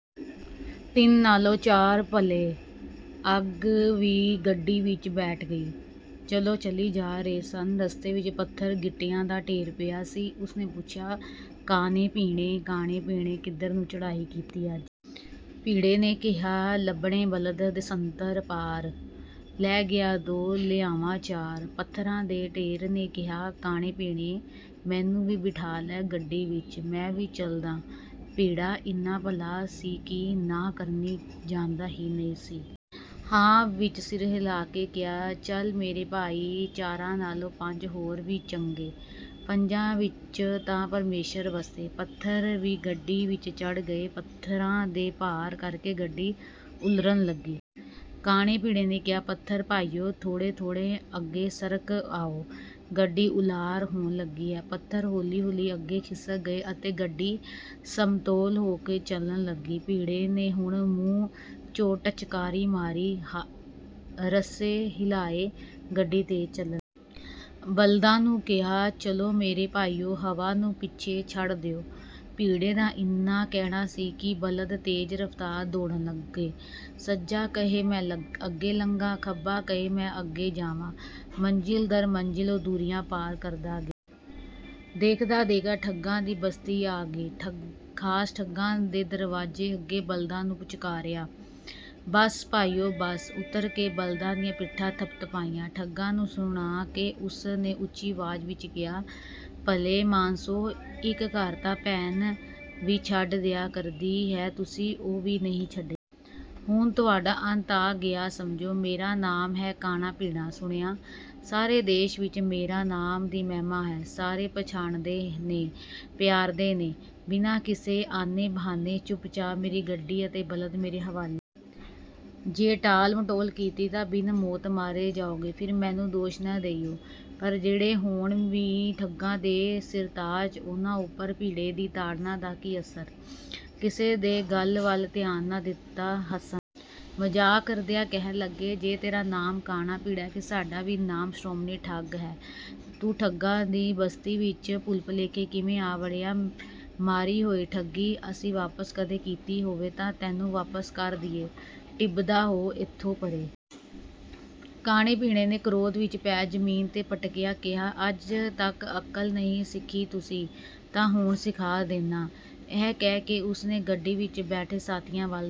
"ਤਿੰਨ ਨਾਲੋਂ ਚਾਰ ਭਲੇ," ਅੱਗ ਵੀ ਗੱਡੀ ਵਿੱਚ ਬੈਠ ਗਈ। ਚਲੋ-ਚਲੀ ਜਾ ਰਹੇ ਸਨ, ਰਸਤੇ ਵਿੱਚ ਪੱਥਰ-ਗੀਟਿਆਂ ਦਾ ਢੇਰ ਪਿਆ ਸੀ। ਉਸ ਨੇ ਪੁੱਛਿਆ, "ਕਾਣੇ ਬੀਂਡੇ, ਕਾਣੇ ਬੀਂਡੇ! ਕਿੱਧਰ ਨੂੰ ਚੜ੍ਹਾਈ ਕੀਤੀ ਅੱਜ?" ਬੀਂਡੇ ਨੇ ਕਿਹਾ, "ਲੱਭਣੇ ਬਲਦ ਦੇਸਾਂਤਰ ਪਾਰ। ਲੈ ਗਿਆ ਦੋ, ਲਿਆਵਾਂ ਚਾਰ॥" ਪੱਥਰਾਂ ਦੇ ਢੇਰ ਨੇ ਕਿਹਾ, "ਕਾਣੇ ਬੀਂਡੇ, ਮੈਨੂੰ ਵੀ ਬਿਠਾ ਲੈ ਗੱਡੀ ਵਿੱਚ, ਮੈਂ ਵੀ ਚੱਲਦਾਂ!" ਬੀਂਡਾ ਇੰਨਾ ਭਲਾ ਸੀ ਕਿ ਨਾਂਹ ਕਰਨੀ ਜਾਣਦਾ ਹੀ ਨਹੀਂ ਸੀ। ਹਾਂ ਵਿੱਚ ਸਿਰ ਹਿਲਾ ਕੇ ਕਿਹਾ, "ਚੱਲ ਮੇਰੇ ਭਾਈ, ਚਾਰਾਂ ਨਾਲੋਂ ਪੰਜ ਹੋਰ ਵੀ ਚੰਗੇ। ਪੰਜਾਂ ਵਿੱਚ ਤਾਂ ਪਰਮੇਸ਼ਰ ਵਸਦੈ।" ਪੱਥਰ ਵੀ ਗੱਡੀ ਵਿੱਚ ਚੜ੍ਹ ਗਏ। ਪੱਥਰਾਂ ਦੇ ਭਾਰ ਕਰਕੇ ਗੱਡੀ ਉਲਰਨ ਲੱਗੀ। ਕਾਣੇ ਬੀਂਡੇ ਨੇ ਕਿਹਾ, "ਪੱਥਰ ਭਾਈਓ, ਥੋੜ੍ਹੇ-ਥੋੜ੍ਹੇ ਅੱਗੇ ਸਰਕ ਆਓ, ਗੱਡੀ ਉਲਾਰ ਹੋਣ ਲੱਗੀ ਹੈ।" ਪੱਥਰ ਹੌਲੀ-ਹੌਲੀ ਅੱਗੇ ਖਿਸਕ ਗਏ ਅਤੇ ਗੱਡੀ ਸਮਤੋਲ ਹੋ ਕੇ ਚੱਲਣ ਲੱਗੀ। ਬੀਂਡੇ ਨੇ ਹੁਣ ਮੂੰਹ 'ਚੋਂ ਟਚਕਾਰੀ ਮਾਰੀ, ਰੱਸੇ ਹਿਲਾਏ, ਗੱਡੀ ਤੇਜ਼ ਚੱਲਣ ਲੱਗੀ। ਬਲਦਾਂ ਨੂੰ ਕਿਹਾ, "ਚਲੋ ਮੇਰੇ ਭਾਈਓ, ਹਵਾ ਨੂੰ ਪਿੱਛੇ ਛੱਡ ਦਿਓ!" ਬੀਂਡੇ ਦਾ ਇੰਨਾ ਕਹਿਣਾ ਸੀ ਕਿ ਬਲਦ ਤੇਜ਼ ਰਫ਼ਤਾਰ ਦੌੜਨ ਲੱਗੇ—ਸੱਜਾ ਕਹੇ 'ਮੈਂ ਅੱਗੇ ਲੰਘਾਂ', ਖੱਬਾ ਕਹੇ 'ਮੈਂ ਅੱਗੇ ਜਾਵਾਂ'। ਮੰਜ਼ਿਲ ਦਰ ਮੰਜ਼ਿਲ ਉਹ ਦੂਰੀਆਂ ਪਾਰ ਕਰਦਾ ਗਿਆ। ਦੇਖਦਾ-ਦੇਗਾ ਠੱਗਾਂ ਦੀ ਬਸਤੀ ਆ ਗਈ। ਖ਼ਾਸ ਠੱਗਾਂ ਦੇ ਦਰਵਾਜ਼ੇ ਅੱਗੇ ਬਲਦਾਂ ਨੂੰ ਪੁਚਕਾਰਿਆ, "ਬੱਸ ਭਾਈਓ, ਬੱਸ।" ਉੱਤਰ ਕੇ ਬਲਦਾਂ ਦੀਆਂ ਪਿੱਠਾਂ ਥਪਥਪਾਈਆਂ। ਠੱਗਾਂ ਨੂੰ ਸੁਣਾ ਕੇ ਉਸ ਨੇ ਉੱਚੀ ਆਵਾਜ਼ ਵਿੱਚ ਕਿਹਾ, "ਭਲੇ ਮਾਣਸੋ, ਇੱਕ ਘਰ ਤਾਂ ਭੈਣ ਵੀ ਛੱਡ ਦਿਆ ਕਰਦੀ ਹੈ, ਤੁਸੀਂ ਉਹ ਵੀ ਨਹੀਂ ਛੱਡਿਆ! ਹੁਣ ਤੁਹਾਡਾ ਅੰਤ ਆ ਗਿਆ ਸਮਝੋ। ਮੇਰਾ ਨਾਮ ਹੈ ਕਾਣਾ ਬੀਂਡਾ, ਸੁਣਿਆ? ਸਾਰੇ ਦੇਸ ਵਿੱਚ ਮੇਰੇ ਨਾਮ ਦੀ ਮਹਿਮਾ ਹੈ, ਸਾਰੇ ਪਛਾਣਦੇ ਨੇ, ਪਿਆਰਦੇ ਨੇ। ਬਿਨਾਂ ਕਿਸੇ ਆਨੇ-ਬਹਾਨੇ, ਚੁੱਪ-ਚਾਪ ਮੇਰੀ ਗੱਡੀ ਅਤੇ ਬਲਦ ਮੇਰੇ ਹਵਾਲੇ ਕਰੋ। ਜੇ ਟਾਲਮਟੋਲ ਕੀਤੀ ਤਾਂ ਬਿਨ ਮੌਤ ਮਾਰੇ ਜਾਓਗੇ, ਫਿਰ ਮੈਨੂੰ ਦੋਸ਼ ਨਾ ਦੇਇਓ!" ਪਰ ਜਿਹੜੇ ਹੋਣ ਹੀ ਠੱਗਾਂ ਦੇ ਸਿਰਤਾਜ, ਉਹਨਾਂ ਉੱਪਰ ਬੀਂਡੇ ਦੀ ਤਾੜਨਾ ਦਾ ਕੀ ਅਸਰ? ਕਿਸੇ ਨੇ ਗੱਲ ਵੱਲ ਧਿਆਨ ਨਾ ਦਿੱਤਾ, ਹੱਸਣ ਲੱਗੇ। ਮਜ਼ਾਕ ਕਰਦਿਆਂ ਕਹਿਣ ਲੱਗੇ, "ਜੇ ਤੇਰਾ ਨਾਮ ਕਾਣਾ ਬੀਂਡਾ ਹੈ, ਫਿਰ ਸਾਡਾ ਵੀ ਨਾਮ ਸ਼੍ਰੋਮਣੀ ਠੱਗ ਹੈ! ਤੂੰ ਠੱਗਾਂ ਦੀ ਬਸਤੀ ਵਿੱਚ ਭੁੱਲ-ਭੁਲੇਖੇ ਕਿਵੇਂ ਆ ਵੜਿਆ? ਮਾਰੀ ਹੋਈ ਠੱਗੀ ਅਸੀਂ ਵਾਪਸ ਕਦੇ ਕੀਤੀ ਹੋਵੇ ਤਾਂ ਤੈਨੂੰ ਵਾਪਸ ਕਰ ਦੇਈਏ, ਟਿਭਦਾ ਹੋ ਇੱਥੋਂ ਪਰ੍ਹੇ!" ਕਾਣੇ ਬੀਂਡੇ ਨੇ ਕ੍ਰੋਧ ਵਿੱਚ ਪੈਰ ਜ਼ਮੀਨ 'ਤੇ ਪਟਕਿਆ, ਕਿਹਾ, "ਅੱਜ ਤੱਕ ਅਕਲ ਨਹੀਂ ਸਿੱਖੀ ਤੁਸੀਂ ਤਾਂ ਹੁਣ ਸਿਖਾ ਦਿੰਨਾ।" ਇਹ ਕਹਿ ਕੇ ਉਸ ਨੇ ਗੱਡੀ ਵਿੱਚ ਬੈਠੇ ਸਾਥੀਆਂ ਵੱਲ ਦੇਖਿਆ।